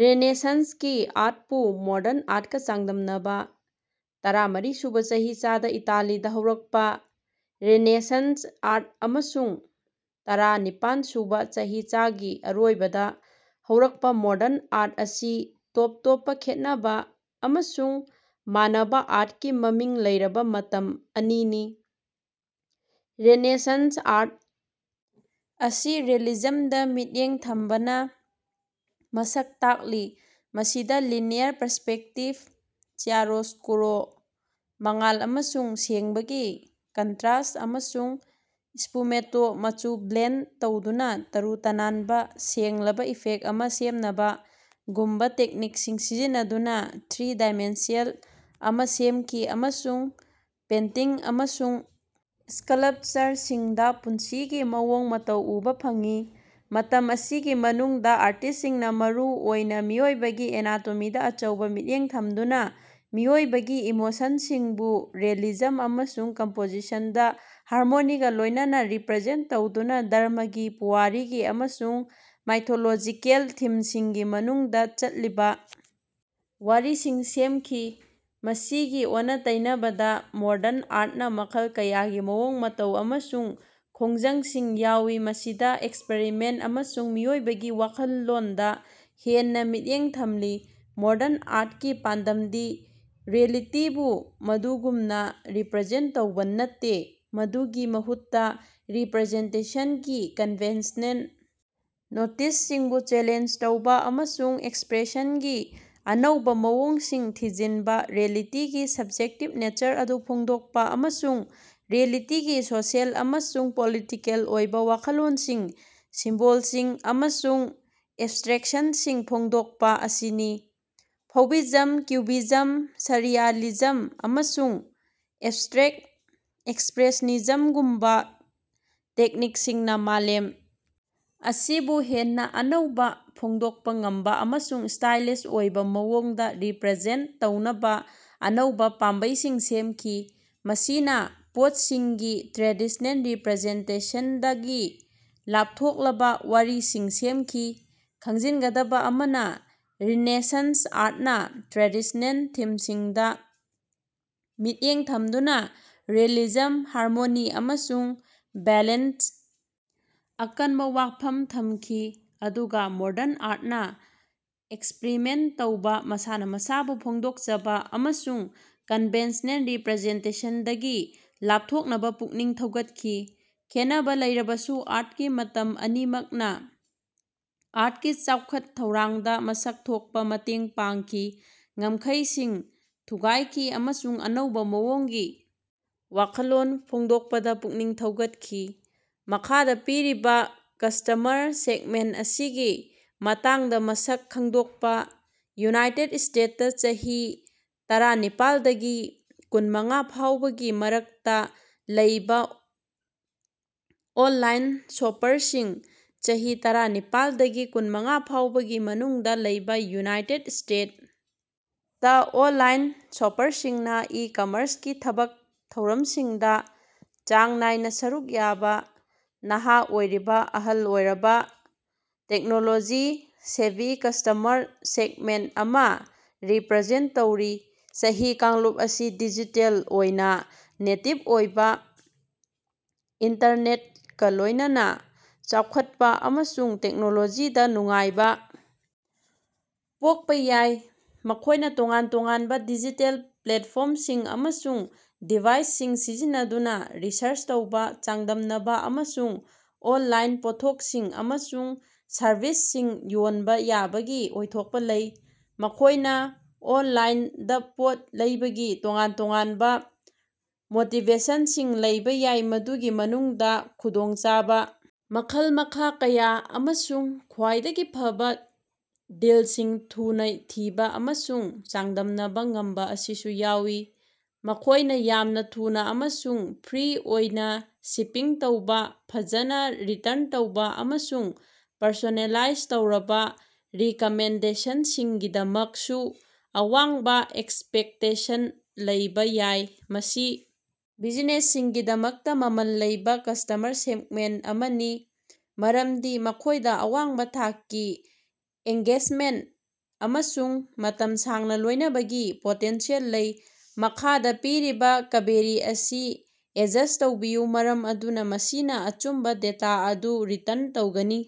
ꯔꯦꯅꯦꯁꯟꯁꯀꯤ ꯑꯥꯔꯠꯄꯨ modern ꯑꯥꯔꯠꯀ ꯆꯥꯡꯗꯝꯅꯕ꯫ ꯇꯔꯥꯃꯔꯤ ꯁꯨꯕ ꯆꯍꯤꯆꯥꯗ ꯏꯇꯥꯂꯤꯗ ꯍꯧꯔꯛꯄ ꯔꯦꯅꯦꯁꯟꯁ ꯑꯥꯔꯠ ꯑꯃꯁꯨꯡ ꯇꯔꯥꯅꯤꯄꯜ ꯁꯨꯕ ꯆꯍꯤꯆꯥꯒꯤ ꯑꯔꯣꯏꯕꯗ ꯍꯧꯔꯛꯄ ꯃꯣꯗꯔꯟ ꯑꯥꯔꯠ ꯑꯁꯤ ꯇꯣꯞ ꯇꯣꯞꯄ ꯈꯦꯠꯅꯕ ꯑꯃꯁꯨꯡ ꯃꯥꯟꯅꯕ ꯑꯥꯔꯠꯀꯤ ꯃꯃꯤꯡ ꯂꯩꯔꯕ ꯃꯇꯝ ꯑꯅꯤꯅꯤ꯫ ꯔꯦꯅꯦꯁꯟꯁ ꯑꯥꯔꯠ ꯑꯁꯤ ꯔꯤꯑꯦꯂꯤꯖꯝꯗ ꯃꯤꯠꯌꯦꯡ ꯊꯝꯕꯅ ꯃꯁꯛ ꯇꯥꯛꯂꯤ, ꯃꯁꯤꯗ ꯂꯤꯅꯤꯌꯔ ꯄꯔꯁꯄꯦꯛꯇꯤꯕ, ꯆꯤꯌꯥꯔꯣꯁꯀꯨꯔꯣ (ꯃꯉꯥꯜ ꯑꯃꯁꯨꯡ ꯁꯦꯡꯕꯒꯤ ꯀꯟꯇ꯭ꯔꯁ), ꯑꯃꯁꯨꯡ ꯁ꯭ꯐꯨꯃꯦꯇꯣ (ꯃꯆꯨ ꯕ꯭ꯂꯦꯟꯗ ꯇꯧꯗꯨꯅ ꯇꯔꯨ ꯇꯅꯥꯟꯕ, ꯁꯦꯡꯂꯕ ꯏꯐꯦꯛ ꯑꯃ ꯁꯦꯝꯅꯕ)ꯒꯨꯝꯕ ꯇꯦꯛꯅꯤꯛꯁꯤꯡ ꯁꯤꯖꯤꯟꯅꯗꯨꯅ ꯊ꯭ꯔꯤ-ꯗꯤꯃꯦꯟꯁꯤꯌꯦꯜ ꯑꯃ ꯁꯦꯝꯈꯤ꯫ ꯑꯃꯁꯨꯡ ꯄꯦꯟꯇꯤꯡ ꯑꯃꯁꯨꯡ ꯁ꯭ꯀꯥꯂꯞꯆꯔꯁꯤꯡꯗ ꯄꯨꯟꯁꯤꯒꯤ ꯃꯑꯣꯡ ꯃꯇꯧ ꯎꯕ ꯐꯪꯏ꯫ ꯃꯇꯝ ꯑꯁꯤꯒꯤ ꯃꯅꯨꯡꯗ ꯑꯥꯔꯇꯤꯁꯁꯤꯡꯅ ꯃꯔꯨ ꯑꯣꯏꯅ ꯃꯤꯑꯣꯏꯕꯒꯤ ꯑꯦꯅꯥꯇꯣꯃꯤꯗ ꯑꯆꯧꯕ ꯃꯤꯠꯌꯦꯡ ꯊꯝꯗꯨꯅ, ꯃꯤꯑꯣꯏꯕꯒꯤ ꯏꯃꯣꯁꯟꯁꯤꯡꯕꯨ ꯔꯤꯑꯦꯂꯤꯖꯝ ꯑꯃꯁꯨꯡ ꯀꯝꯄꯣꯖꯤꯁꯟꯗ ꯍꯥꯔꯃꯣꯅꯤꯒ ꯂꯣꯏꯅꯅ ꯔꯤꯄ꯭ꯔꯖꯦꯟꯠ ꯇꯧꯗꯨꯅ ꯙꯔꯝꯃꯒꯤ, ꯄꯨꯋꯥꯔꯤꯒꯤ ꯑꯃꯁꯨꯡ ꯃꯥꯏꯊꯣꯂꯣꯖꯤꯀꯦꯜ ꯊꯤꯝꯁꯤꯡꯒꯤ ꯃꯅꯨꯡꯗ ꯆꯠꯂꯤꯕ ꯋꯥꯔꯤꯁꯤꯡ ꯁꯦꯝꯈꯤ꯫ ꯃꯁꯤꯒꯤ ꯑꯣꯟꯅ-ꯇꯩꯅꯕꯗ, ꯃꯣꯗꯔꯟ ꯑꯥꯔꯠꯅ ꯃꯈꯜ ꯀꯌꯥꯒꯤ ꯃꯑꯣꯡ ꯃꯇꯧ ꯑꯃꯁꯨꯡ ꯈꯣꯡꯖꯪꯁꯤꯡ ꯌꯥꯎꯏ, ꯃꯁꯤꯗ ꯑꯦꯛꯁꯄꯔꯤꯃꯦꯟꯠ ꯑꯃꯁꯨꯡ ꯃꯤꯑꯣꯏꯕꯒꯤ ꯋꯥꯈꯜꯂꯣꯟꯗ ꯍꯦꯟꯅ ꯃꯤꯠꯌꯦꯡ ꯊꯝꯂꯤ꯫ ꯃꯣꯗꯔꯟ ꯑꯥꯔꯠꯀꯤ ꯄꯥꯟꯗꯝꯗꯤ ꯔꯤꯑꯦꯂꯤꯇꯤꯕꯨ ꯃꯗꯨꯒꯨꯝꯅ ꯔꯤꯄ꯭ꯔꯖꯦꯟꯠ ꯇꯧꯕ ꯅꯠꯇꯦ, ꯃꯗꯨꯒꯤ ꯃꯍꯨꯠꯇ ꯔꯤꯄ꯭ꯔꯖꯦꯟꯇꯦꯁꯟꯒꯤ ꯀꯟꯚꯦꯟꯁꯅꯦꯜ ꯅꯣꯇꯤꯁꯁꯤꯡꯕꯨ ꯆꯦꯂꯦꯟꯖ ꯇꯧꯕ ꯑꯃꯁꯨꯡ ꯑꯦꯛꯁꯄ꯭ꯔꯦꯁꯟꯒꯤ ꯑꯅꯧꯕ ꯃꯑꯣꯡꯁꯤꯡ ꯊꯤꯖꯤꯟꯕ, ꯔꯤꯑꯦꯂꯤꯇꯤꯒꯤ ꯁꯕ꯭ꯖꯦꯛꯇꯤꯕ ꯅꯦꯆꯔ ꯑꯗꯨ ꯐꯣꯡꯗꯣꯛꯄ, ꯑꯃꯁꯨꯡ ꯔꯤꯑꯦꯂꯤꯇꯤꯒꯤ ꯁꯣꯁꯤꯑꯦꯜ ꯑꯃꯁꯨꯡ ꯄꯣꯂꯤꯇꯤꯀꯦꯜ ꯑꯣꯏꯕ ꯋꯥꯈꯜꯂꯣꯟꯁꯤꯡ, ꯁꯤꯝꯕꯣꯜꯁꯤꯡ ꯑꯃꯁꯨꯡ ꯑꯦꯕꯁꯇ꯭ꯔꯦꯛꯁꯟꯁꯤꯡ ꯐꯣꯡꯗꯣꯛꯄ ꯑꯁꯤꯅꯤ꯫ ꯐꯧꯚꯤꯖꯝ, ꯀ꯭ꯌꯨꯕꯤꯖꯝ, ꯁꯔꯔꯤꯌꯥꯂꯤꯖꯝ ꯑꯃꯁꯨꯡ ꯑꯦꯕꯁꯇ꯭ꯔꯦꯛꯇ ꯑꯦꯛꯁꯄ꯭ꯔꯦꯁꯅꯤꯖꯝꯒꯨꯝꯕ ꯇꯦꯛꯅꯤꯛꯁꯤꯡꯅ ꯃꯥꯂꯦꯝ ꯑꯁꯤꯕꯨ ꯍꯦꯟꯅ ꯑꯅꯧꯕ, ꯐꯣꯡꯗꯣꯛꯄ ꯉꯝꯕ ꯑꯃꯁꯨꯡ ꯁ꯭ꯇꯥꯏꯂꯏꯖ ꯑꯣꯏꯕ ꯃꯑꯣꯡꯗ ꯔꯤꯄ꯭ꯔꯖꯦꯟꯠ ꯇꯧꯅꯕ ꯑꯅꯧꯕ ꯄꯥꯝꯕꯩꯁꯤꯡ ꯁꯦꯝꯈꯤ, ꯃꯁꯤꯅ ꯄꯣꯠꯁꯤꯡꯒꯤ ꯇ꯭ꯔꯦꯗꯤꯁꯅꯦꯜ ꯔꯤꯄ꯭ꯔꯖꯦꯟꯇꯦꯁꯟꯗꯒꯤ ꯂꯥꯞꯊꯣꯛꯂꯕ ꯋꯥꯔꯤꯁꯤꯡ ꯁꯦꯝꯈꯤ꯫ ꯈꯪꯖꯤꯟꯒꯗꯕ ꯑꯃꯅ, ꯔꯦꯅꯦꯁꯟꯁ ꯑꯥꯔꯠꯅ ꯇ꯭ꯔꯦꯗꯤꯁꯅꯦꯜ ꯊꯤꯝꯁꯤꯡꯗ ꯃꯤꯠꯌꯦꯡ ꯊꯝꯗꯨꯅ ꯔꯤꯑꯦꯂꯤꯖꯝ, ꯍꯥꯔꯃꯣꯅꯤ ꯑꯃꯁꯨꯡ ꯕꯦꯂꯦꯟꯁꯇ ꯑꯀꯟꯕ ꯋꯥꯐꯝ ꯊꯝꯈꯤ, ꯑꯗꯨꯒ ꯃꯣꯗꯔꯟ ꯑꯥꯔꯠꯅ ꯑꯦꯛꯁꯄ꯭ꯔꯤꯃꯦꯟꯠ ꯇꯧꯕ, ꯃꯁꯥꯅ ꯃꯁꯥꯕꯨ ꯐꯣꯡꯗꯣꯛꯆꯕ ꯑꯃꯁꯨꯡ ꯀꯟꯚꯦꯟꯁꯅꯦꯜ ꯔꯤꯄ꯭ꯔꯖꯦꯟꯇꯦꯁꯟꯗꯒꯤ ꯂꯥꯞꯊꯣꯛꯅꯕ ꯄꯨꯛꯅꯤꯡ ꯊꯧꯒꯠꯈꯤ꯫ ꯈꯦꯟꯅꯕ ꯂꯩꯔꯕꯁꯨ ꯑꯥꯔꯠꯀꯤ ꯃꯇꯝ ꯑꯅꯤꯃꯛꯅ ꯑꯥꯔꯠꯀꯤ ꯆꯥꯎꯈꯠ-ꯊꯧꯔꯥꯡꯗ ꯃꯁꯛ ꯊꯣꯛꯄ ꯃꯇꯦꯡ ꯄꯥꯡꯈꯤ, ꯉꯝꯈꯩꯁꯤꯡ ꯊꯨꯒꯥꯏꯈꯤ ꯑꯃꯁꯨꯡ ꯑꯅꯧꯕ ꯃꯑꯣꯡꯒꯤ ꯋꯥꯈꯜꯂꯣꯟ ꯐꯣꯡꯗꯣꯛꯄꯗ ꯄꯨꯛꯅꯤꯡ ꯊꯧꯒꯠꯈꯤ꯫ ꯃꯈꯥꯗ ꯄꯤꯔꯤꯕ ꯀꯁꯇꯃꯔ ꯁꯦꯒꯃꯦꯟꯠ ꯑꯁꯤꯒꯤ ꯃꯇꯥꯡꯗ ꯃꯁꯛ ꯈꯪꯗꯣꯛꯄ꯫ ꯌꯨꯅꯥꯏꯇꯦꯗ ꯁ꯭ꯇꯦꯠ ꯇ ꯆꯍꯤ ꯇꯔꯥꯅꯤꯄꯥꯜ ꯗꯒꯤ ꯀꯨꯟꯃꯉꯥ ꯐꯥꯎꯕꯒꯤ ꯃꯔꯛꯇ ꯂꯩꯕ ꯑꯣꯟꯂꯥꯏꯟ ꯁꯣꯄꯔꯁꯤꯡ꯫ ꯆꯍꯤ ꯇꯔꯥꯅꯤꯄꯥꯜ ꯗꯒꯤ ꯀꯨꯟꯃꯉꯥ ꯐꯥꯎꯕꯒꯤ ꯃꯅꯨꯡꯗ ꯂꯩꯕ ꯌꯨꯅꯥꯏꯇꯦꯗ ꯁ꯭ꯇꯦꯠ ꯇ ꯑꯣꯟꯂꯥꯏꯟ ꯁꯣꯄꯔꯁꯤꯡꯅ ꯏ-ꯀꯝꯃꯔꯁꯀꯤ ꯊꯕꯛ ꯊꯧꯔꯝꯁꯤꯡꯗ ꯆꯥꯡ ꯅꯥꯏꯅ ꯁꯔꯨꯛ ꯌꯥꯕ ꯅꯍꯥ ꯑꯣꯏꯔꯤꯕ ꯑꯍꯜ ꯑꯣꯏꯔꯕ, ꯇꯦꯛꯅꯣꯂꯣꯖꯤ-ꯁꯦꯚꯤ ꯀꯁꯇꯃꯔ ꯁꯦꯒꯃꯦꯟꯠ ꯑꯃ ꯔꯤꯄ꯭ꯔꯖꯦꯟꯠ ꯇꯧꯔꯤ꯫ ꯆꯍꯤ ꯀꯥꯡꯂꯨꯞ ꯑꯁꯤ ꯗꯤꯖꯤꯇꯦꯜ ꯑꯣꯏꯅ ꯅꯦꯇꯤꯕ ꯑꯣꯏꯕ, ꯏꯟꯇꯔꯅꯦꯠꯀ ꯂꯣꯏꯅꯅ ꯆꯥꯎꯈꯠꯂꯛꯄ ꯑꯃꯁꯨꯡ ꯇꯦꯛꯅꯣꯂꯣꯖꯤꯗ ꯅꯨꯡꯉꯥꯏꯕ ꯄꯣꯛꯄ ꯌꯥꯏ꯫ ꯃꯈꯣꯏꯅ ꯇꯣꯉꯥꯟ ꯇꯣꯉꯥꯟꯕ ꯗꯤꯖꯤꯇꯦꯜ ꯄ꯭ꯂꯦꯠꯐꯣꯔꯝꯁꯤꯡ ꯑꯃꯁꯨꯡ ꯗꯤꯚꯥꯏꯁꯁꯤꯡ ꯁꯤꯖꯤꯟꯅꯗꯨꯅ ꯔꯤꯁꯔꯆ ꯇꯧꯕ, ꯆꯥꯡꯗꯝꯅꯕ ꯑꯃꯁꯨꯡ ꯑꯣꯟꯂꯥꯏꯟ ꯄꯣꯠꯊꯣꯛꯁꯤꯡ ꯑꯃꯁꯨꯡ ꯁꯔꯕꯤꯁꯁꯤꯡ ꯌꯣꯟꯕ ꯌꯥꯕꯒꯤ ꯑꯣꯏꯊꯣꯛꯄ ꯂꯩ꯫ ꯃꯈꯣꯏꯅ ꯑꯣꯟꯂꯥꯏꯟꯗ ꯄꯣꯠ ꯂꯩꯕꯒꯤ ꯇꯣꯉꯥꯟ-ꯇꯣꯉꯥꯟꯕ ꯃꯣꯇꯤꯚꯦꯁꯟꯁꯤꯡ ꯂꯩꯕ ꯌꯥꯏ, ꯃꯗꯨꯒꯤ ꯃꯅꯨꯡꯗ ꯈꯨꯗꯣꯡꯆꯥꯕ ꯃꯈꯜ-ꯃꯈꯥ ꯀꯌꯥ, ꯑꯃꯁꯨꯡ ꯈ꯭ꯋꯥꯏꯗꯒꯤ ꯐꯕ ꯗꯤꯜꯁꯤꯡ ꯊꯨꯅ ꯊꯤꯕ ꯑꯃꯁꯨꯡ ꯆꯥꯡꯗꯝꯅꯕ ꯉꯝꯕ ꯑꯁꯤꯁꯨ ꯌꯥꯎꯏ꯫ ꯃꯈꯣꯏꯅ ꯌꯥꯝꯅ ꯊꯨꯅ ꯑꯃꯁꯨꯡ ꯐ꯭ꯔꯤ ꯑꯣꯏꯅ ꯁꯤꯄꯤꯡ ꯇꯧꯕ, ꯐꯖꯅ ꯔꯤꯇꯔꯟ ꯇꯧꯕ, ꯑꯃꯁꯨꯡ ꯄꯔꯁꯣꯅꯦꯂꯥꯏꯖ ꯇꯧꯔꯕ ꯔꯤꯀꯃꯦꯟꯗꯦꯁꯟꯁꯤꯡꯒꯤꯗꯃꯛꯁꯨ ꯑꯋꯥꯡꯕ ꯑꯦꯛꯁꯄꯦꯛꯇꯦꯁꯟ ꯂꯩꯕ ꯌꯥꯏ꯫ ꯃꯁꯤ ꯕꯤꯖꯤꯅꯦꯁꯁꯤꯡꯒꯤꯗꯃꯛꯇ ꯃꯃꯜ ꯂꯩꯕ ꯀꯁꯇꯃꯔ ꯁꯦꯒꯃꯦꯟꯠ ꯑꯃꯅꯤ, ꯃꯔꯝꯗꯤ ꯃꯈꯣꯏꯗ ꯑꯋꯥꯡꯕ ꯊꯥꯛꯀꯤ ꯑꯦꯡꯒꯦꯖꯃꯦꯟꯠ ꯑꯃꯁꯨꯡ ꯃꯇꯝ ꯁꯥꯡꯅ ꯂꯣꯏꯅꯕꯒꯤ ꯄꯣꯇꯦꯟꯁꯤꯌꯦꯜ ꯂꯩ꯫ ꯃꯈꯥꯗ ꯄꯤꯔꯤꯕ ꯀꯕꯦꯔꯤ ꯑꯁꯤ ꯑꯦꯗꯖꯁ ꯇꯧꯕꯤꯌꯨ ꯃꯔꯝ ꯑꯗꯨꯅ ꯃꯁꯤꯅ ꯑꯆꯨꯝꯕ ꯗꯦꯇꯥ ꯑꯗꯨ ꯔꯤꯇꯔꯟ ꯇꯧꯒꯅꯤ꯫